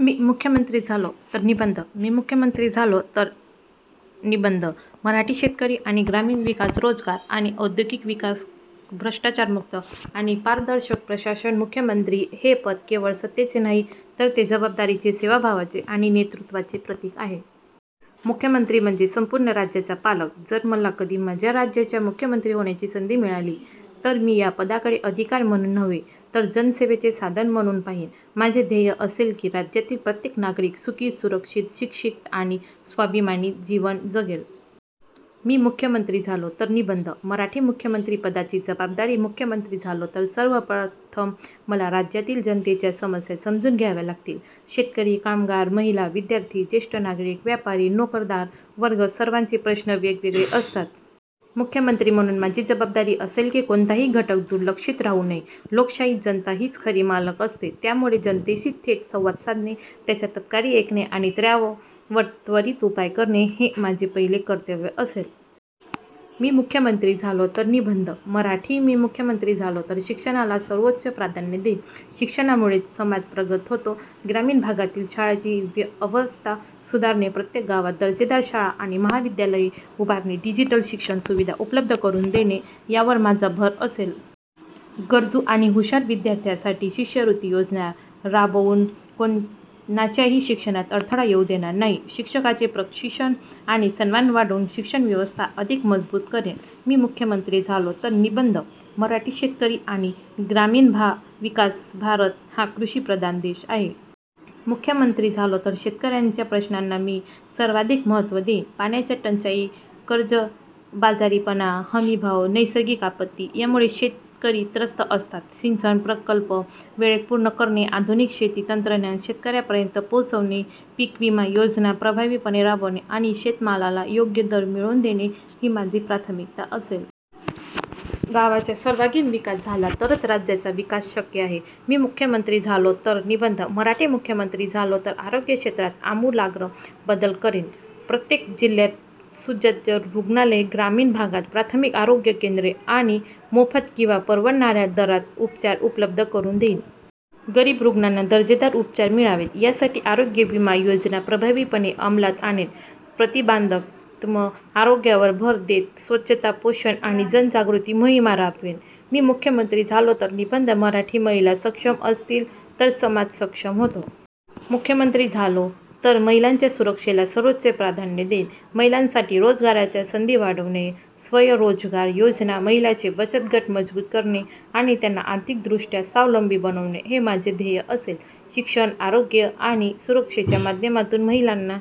मी मुख्यमंत्री झालो तर निबंध मी मुख्यमंत्री झालो तर निबंध मराठी शेतकरी आणि ग्रामीण विकास रोजगार आणि औद्योगिक विकास भ्रष्टाचारमुक्त आणि पारदर्शक प्रशासन मुख्यमंत्री हे पद केवळ सत्तेचे नाही, तर ते जबाबदारीचे, सेवाभावाचे आणि नेतृत्वाचे प्रतीक आहे. मुख्यमंत्री म्हणजे संपूर्ण राज्याचा पालक. जर मला कधी माझ्या राज्याचा मुख्यमंत्री होण्याची संधी मिळाली, तर मी या पदाकडे अधिकार म्हणून नव्हे, तर जनसेवेचे साधन म्हणून पाहीन. माझे ध्येय असेल की राज्यातील प्रत्येक नागरिक सुखी, सुरक्षित, शिक्षित आणि स्वाभिमानी जीवन जगेल. मी मुख्यमंत्री झालो तर निबंध मराठी मुख्यमंत्री पदाची जबाबदारी मुख्यमंत्री झालो तर सर्वप्रथम मला राज्यातील जनतेच्या समस्या समजून घ्याव्या लागतील. शेतकरी, कामगार, महिला, विद्यार्थी, ज्येष्ठ नागरिक, व्यापारी, नोकरदार वर्ग, सर्वांचे प्रश्न वेगवेगळे असतात. मुख्यमंत्री म्हणून माझी जबाबदारी असेल की कोणताही घटक दुर्लक्षित राहू नये. लोकशाहीत जनता हीच खरी मालक असते, त्यामुळे जनतेशी थेट संवाद साधणे, त्यांच्या तक्रारी ऐकणे आणि त्यावर त्वरित उपाय करणे हे माझे पहिले कर्तव्य असेल. मी मुख्यमंत्री झालो तर निबंध मराठी मी मुख्यमंत्री झालो तर शिक्षणाला सर्वोच्च प्राधान्य देईन. शिक्षणामुळेच समाज प्रगत होतो. ग्रामीण भागातील शाळांची अवस्था सुधारणे, प्रत्येक गावात दर्जेदार शाळा आणि महाविद्यालये उभारणे, डिजिटल शिक्षण सुविधा उपलब्ध करून देणे यावर माझा भर असेल. गरजू आणि हुशार विद्यार्थ्यांसाठी शिष्यवृत्ती योजना राबवून कोणाच्याही शिक्षणात अडथळा येऊ देणार नाही. शिक्षकांचे प्रशिक्षण आणि सन्मान वाढवून शिक्षणव्यवस्था अधिक मजबूत करेन. मी मुख्यमंत्री झालो तर निबंध मराठी शेतकरी आणि ग्रामीण विकास भारत हा कृषिप्रधान देश आहे. मुख्यमंत्री झालो तर शेतकऱ्यांच्या प्रश्नांना मी सर्वाधिक महत्त्व देईन. पाण्याची टंचाई, कर्जबाजारीपणा, हमीभाव, नैसर्गिक आपत्ती यामुळे शेतकरी त्रस्त असतात. सिंचन प्रकल्प वेळेत पूर्ण करणे, आधुनिक शेती तंत्रज्ञान शेतकऱ्यांपर्यंत पोहोचवणे, पीक विमा योजना प्रभावीपणे राबवणे आणि शेतमालाला योग्य दर मिळवून देणे ही माझी प्राथमिकता असेल. गावांचा सर्वांगीण विकास झाला तरच राज्याचा विकास शक्य आहे. मी मुख्यमंत्री झालो तर निबंध मराठी मुख्यमंत्री झालो तर आरोग्य क्षेत्रात आमूलाग्र बदल करेन. प्रत्येक जिल्ह्यात सुसज्ज रुग्णालये, ग्रामीण भागात प्राथमिक आरोग्य केंद्रे आणि मोफत किंवा परवडणाऱ्या दरात उपचार उपलब्ध करून देईन. गरीब रुग्णांना दर्जेदार उपचार मिळावेत यासाठी आरोग्य विमा योजना प्रभावीपणे अंमलात आणेन. प्रतिबंधात्मक आरोग्यावर भर देत स्वच्छता, पोषण आणि जनजागृती मोहिमा राबवेन. मी मुख्यमंत्री झालो तर निबंध मराठी महिला सक्षम असतील तर समाज सक्षम होतो. मुख्यमंत्री झालो तर महिलांच्या सुरक्षेला सर्वोच्च प्राधान्य देईन. महिलांसाठी रोजगाराच्या संधी वाढवणे, स्वयंरोजगार योजना, महिलांचे बचत गट मजबूत करणे आणि त्यांना आर्थिकदृष्ट्या स्वावलंबी बनवणे हे माझे ध्येय असेल. शिक्षण, आरोग्य आणि सुरक्षेच्या माध्यमातून महिलांना